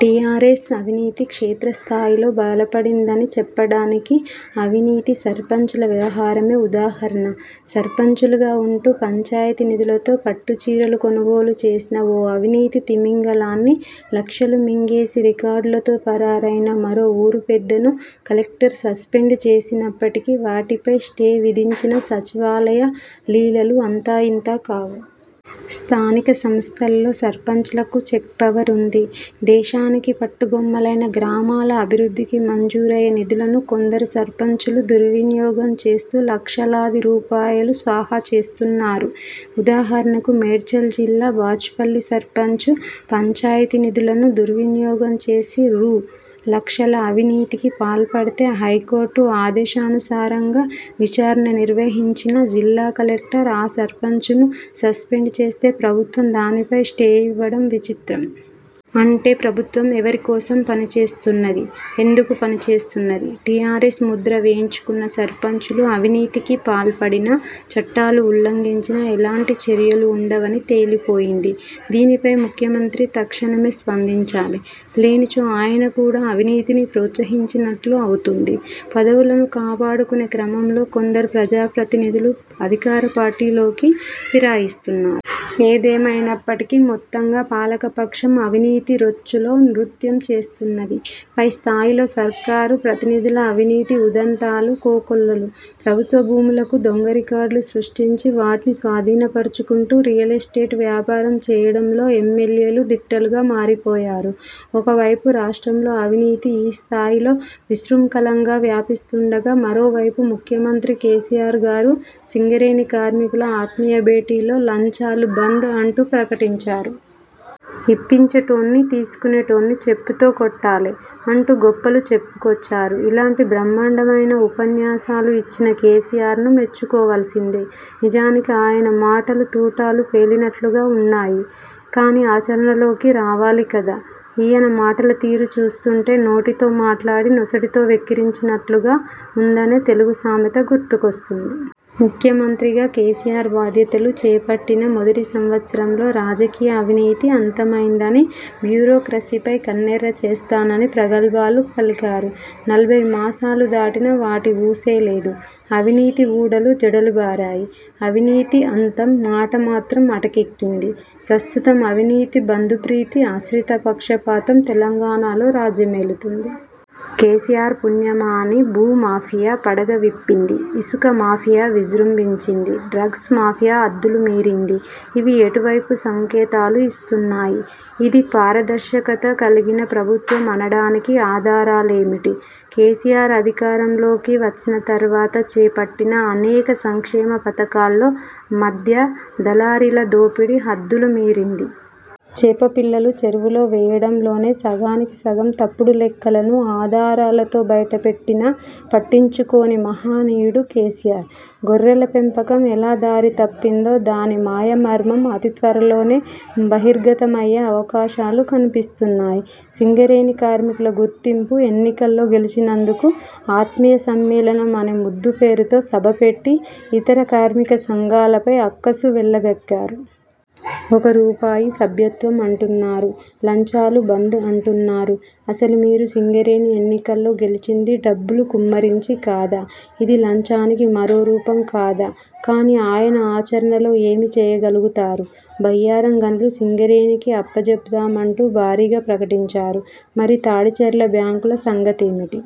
TRS అవినీతి క్షేత్రస్థాయిలో బలపడిందని చెప్పడానికి అవినీతి సర్పంచుల వ్యవహారమే ఉదాహరణ. సర్పంచులుగా వుంటూ పంచాయతీ నిధులతో పట్టుచీరలు కొనుగోలు చేసిన ఓ అవినీతి తిమింగలాన్ని, లక్షలు మింగేసి రికార్డులతో పరారైన మరో ఊరి పెద్దను కలెక్టర్ సస్పెండ్ చేసినప్పటికీ వాటిపై స్టే విధించిన సచివాలయ లీలలు అంతా ఇంతా కావు. స్థానిక సంస్థల్లో సర్పంచులకు చెక్ పవర్ వుంది. దేశానికి పట్టుగొమ్మలైన గ్రామాల అభివృద్ధికి మంజూరయ్యే నిధులను కొందరు సర్పంచులు దుర్వినియోగం చేస్తూ లక్షలాది రూపాయలు స్వాహా చేస్తున్నారు. ఉదాహరణకు మేడ్చల్ జిల్లా బాచుపల్లి సర్పంచు పంచాయతీ నిధులను దుర్వినియోగం చేసి రూ. లక్షల అవినీతికి పాల్పడితే హైకోర్టు ఆదేశానుసారం విచారణ నిర్వహించిన జిల్లా కలెక్టర్ ఆ సర్పంచును సస్పెండ్ చేస్తే ప్రభుత్వం దానిపై స్టే ఇవ్వడం విచిత్రం. అంటే ప్రభుత్వం ఎవరి కోసం పనిచేస్తున్నది? ఎందుకు పనిచేస్తున్నది. టీఆర్ఎస్ ముద్ర వేయించుకున్న సర్పంచులు అవినీతికి పాల్పడినా, చట్టాలు ఉల్లంఘించినా ఎలాంటి చర్యలు వుండవని తేలిపోయింది. దీనిపై ముఖ్యమంత్రి తక్షణమే స్పందించాలి. లేనిచో ఆయన కూడా అవినీతిని ప్రోత్సహించినట్లు అవుతుంది. పదవులను కాపాడుకునే క్రమంలో కొందరు ప్రజాప్రతినిధులు అధికారపార్టీలోకి ఫిరాయిస్తున్నారు. ఏదేమైనప్పటికీ మొత్తంగా పాలకపక్షం అవినీతి రొచ్చులో నృత్యం చేస్తున్నది. పైస్థాయిలో సర్కారు ప్రతినిధుల అవినీతి ఉదంతాలు కోకొల్లలు. ప్రభుత్వ భూములకు దొంగరికార్డులు సృష్టించి వాటిని స్వాధీనపర్చుకుంటూ రియల్ ఎస్టేట్ వ్యాపారం చేయడంలో ఎమ్మెల్యేలు దిట్టలుగా మారిపోయారు. ఒకవైపు రాష్ట్రంలో అవినీతి ఈ స్థాయిలో విశృంఖలంగా వ్యాపిస్తుండగా మరోవైపు ముఖ్యమంత్రి కేసీఆర్ గారు సింగరేణి కార్మికుల ఆత్మీయ భేటీలో ''లంచాలు బంద్'' అంటూ ప్రకటించారు. 'ఇప్పించే టోన్ని, తీసుకునేటోన్ని చెప్పుతో కొట్టాలె' అంటూ గొప్పలు చెప్పుకొచ్చారు. ఇలాంటి బ్రహ్మాండమైన ఉపన్యాసాలు ఇచ్చిన కేసీఆర్ను మెచ్చుకోవాల్సిందే. నిజానికి ఆయన మాటలు తూటాలు పేలినట్లుగా వున్నాయి. కానీ ఆచరణలోకి రావాలి కదా! ఈయన మాటలు తీరు చూస్తుంటే ''నోటితో మాట్లాడి నొసటితో వెక్కిరించినట్లు''గా వుందనే తెలుగు సామెత గుర్తుకొస్తుంది. ముఖ్యమంత్రిగా కేసీఆర్ బాధ్యతలు చేపట్టిన మొదటి సంవత్సరంలో రాజకీయ అవినీతి అంతమైందని, బ్యూరోక్రసీపై కన్నెర్ర చేస్తానని ప్రగల్భాలు పలికారు. నలభై మాసాలు దాటినా వాటి ఊసే లేదు. అవినీతి ఊడలు జడలు బారాయి. అవినీతి అంతం మాట మాత్రం అటకెక్కింది. ప్రస్తుతం అవినీతి, బంధుప్రీతి, ఆశ్రిత పక్షపాతం తెలంగాణలో రాజ్యమేలుతోంది. కేసీఆర్ పుణ్యమాని భూ మాఫియా పడగ విప్పింది. ఇసుక మాఫియా విజృంభించింది. డ్రగ్స్ మాఫియా హద్దులు మీరింది. ఇవి ఎటు వైపు సంకేతాలు ఇస్తున్నాయి? ఇది పారదర్శకత కలిగిన ప్రభుత్వం అనడానికి ఆధారాలేమిటి? కేసీఆర్ అధికారంలోకి వచ్చిన తర్వాత చేపట్టిన అనేక సంక్షేమ పథకాల్లో మధ్య దళారీల దోపిడీ హద్దులు మీరింది. చేప పిల్లలు చెరువులో వేయడంలోనే సగానికి సగం తప్పుడు లెక్కలను ఆధారాలతో బయటపెట్టినా పట్టించుకోని మహనీయుడు కేసీఆర్. గొర్రెల పెంపకం ఎలా దారి తప్పిందో దాని మాయమర్మం అతిత్వరలోనే బహిర్గతమయ్యే అవకాశాలు కనిపిస్తున్నాయి. సింగరేణి కార్మికుల గుర్తింపు ఎన్నికల్లో గెలిచినందుకు ఆత్మీయ సమ్మేళనం అనే ముద్దుపేరుతో సభ పెట్టి ఇతర కార్మిక సంఘాలపై అక్కసు వెళ్లగక్కారు. ఒక రూపాయి సభ్యత్వం అంటున్నారు. లంచాలు బంద్ అంటున్నారు. అసలు మీరు సింగరేణి ఎన్నికల్లో గెలిచింది డబ్బులు కుమ్మరించి కాదా? ఇది లంచానికి మరో రూపం కాదా? కానీ, ఆయన ఆచరణలో ఏమి చేయగలుగుతారు? బయ్యారం గనులు సింగరేణికే అప్పజెప్తామంటూ భారీగా ప్రకటించారు. మరి తాడిచర్ల, బ్లాకుల సంగతేమిటి?